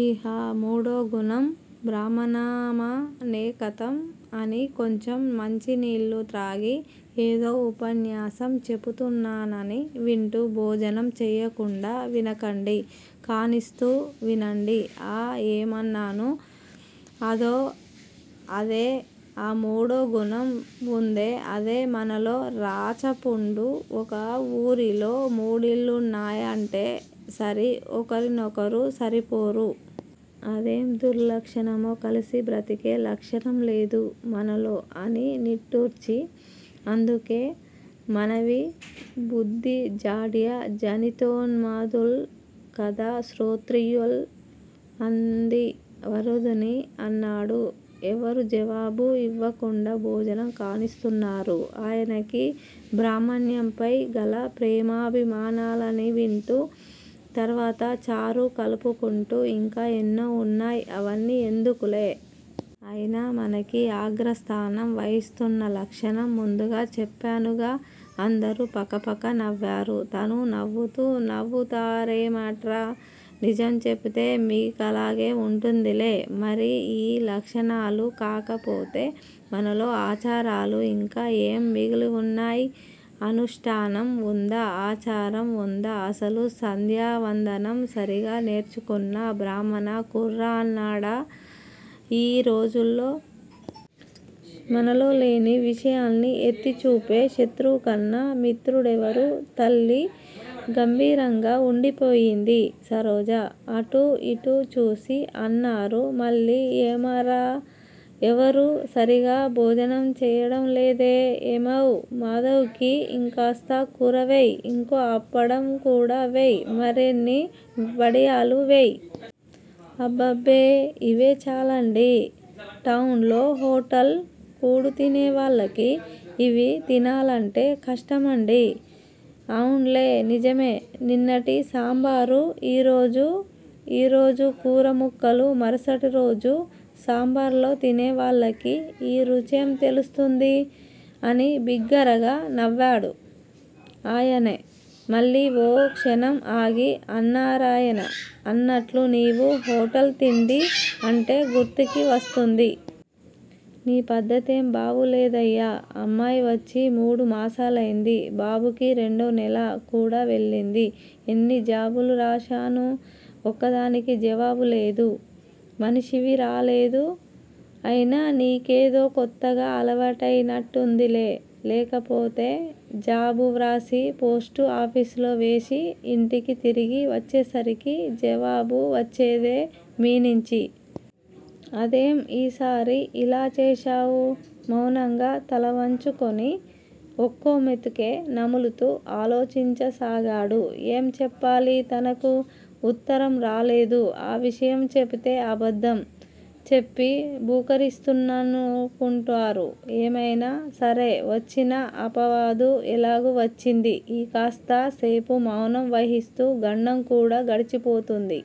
ఇహ మూడో గుణం బ్రహ్మణానామనేకతమ్ అని కొంచెం మంచి నీళ్ళు త్రాగి, ఏదో ఉపన్యాసం చెపుతున్నానని వింటూ భోజనం చెయ్యకుండా వినకండి. కానిస్తూ వినండి. ఆ ఎమన్నాను? అదో అదే ఆ మూడో గుణం వుందే అదే మనలో రాచపుండు. ఒక వూరిలో మూడిళ్ళున్నాయంటే సరి ఒకరికొకరు సరిపోరు. అదేం దుర్లక్షణమో కలిసి బ్రతికే లక్షణం లేదు మనలో అని నిట్టూర్చి అందుకే మనవి బుద్ది జాడ్య జనితోన్మాదుల్ కదా శ్రోత్రియుల్ అంది వరూధిని అన్నాడు. ఎవరూ జవాబు యివకుండా భోజనం కానిస్తున్నారు ఆయనకి బ్రహ్మణ్యంపై గల ప్రేమాభిమానాలనివింటూ. తర్వాత చారు కలుపుకుంటూ ఇంకా ఎన్నో వున్నాయ్ అవన్నీ ఎందుకులే. అయినా మనకి అగ్రస్థానం వహిస్తోన్న లక్షణం ముందుగా చెప్పానుగా అందరూ పకపక నవ్వారు. తనూ నవ్వుతూ నవ్వుతారేమర్రా? నిజం చెపితే మికలాగే వుంటుందిలే- మరి యీ లక్షణాలు కాకపోతే మనలో ఆచారాలు యింకా ఏం మిగిలివున్నాయ్? అనుష్టానం వుందా? ఆచారం వుందా? అసలు సంధ్యావందనం సరిగా నేర్చుకున్న బ్రాహ్మణకుర్రాడున్నాడా యీ రోజుల్లో? మనలో లేని విషయాల్ని ఎత్తి చూపే శత్రువుకన్నా మిత్రుడేవరు తల్లీ గంభీరంగా వుండిపోయింది సరోజ. అటూ యిటూ చూసి అన్నారు మళ్ళీ ఏమర్రా ఎవరూ సరిగా భోంచేయటం లేదే- ఏమేవ్ మాధవ్ కి యింకాస్త కూరవేయ్. ఇంకో అప్పడం కూడా వెయ్. మరిన్ని వడియాలు వెయ్. అబ్బబ్బే! ఇవే చాలండి. టౌన్ లో హోటల్ కూడుతినేవాళ్ళకి ఇవి తినాలంటే కష్టమండి అవున్లే నిజమే! నిన్నటి సాంబారు, యీరోజు, ఈరోజు కూరముక్కలు మరుసటి రోజు సాంబార్లో తినేవాళ్ళకి యీ రుచేం తెలుస్తుంది! అని బిగ్గరగా నవ్వాడు ఆయనే. మళ్ళీ ఓ క్షణం ఆగి అన్నారాయన అన్నట్లు నీవు హోటల్ తిండి అంటే గుర్తుకి వస్తోంది. నీ పద్దతేం బావులేదయ్యా అమ్మాయ్ వచ్చి మూడు మాసాలైంది, బాబుకి రెండో నెల కూడా వెళ్ళింది. ఎన్ని జాబులు రాశాను- ఒక్కదానికి జవాబు లేదు. మనిషివి రాలేదు అయినా నీ కిదేదో కొత్తగా అలవాటైనట్టుందిలే! లేకపోతే జాబు వ్రాసి పోస్ట్ ఆఫీసులో వేసి యింటికి తిరిగి వచ్చేసరికి జవాబు వచ్చేదే మీనించి! అదేం యీ సారి యిలా చేశావు? మౌనంగా తలవంచుకొని ఒక్కో మెతుకే నములుతూ ఆలోచించసాగాడు. ఏం చెప్పాలి? తనకు వుత్తరం రాలేదు. ఆ విషయం చెపితే అబద్దం చెప్పి బుకరిస్తున్నాననుకుంటారు. ఏమైనా సరే వచ్చిన అపవాదు ఎలాగూ వచ్చింది. ఈ కాస్త సేపు మౌనం వహిస్తూ గండం కూడా గడిచిపోతుంది.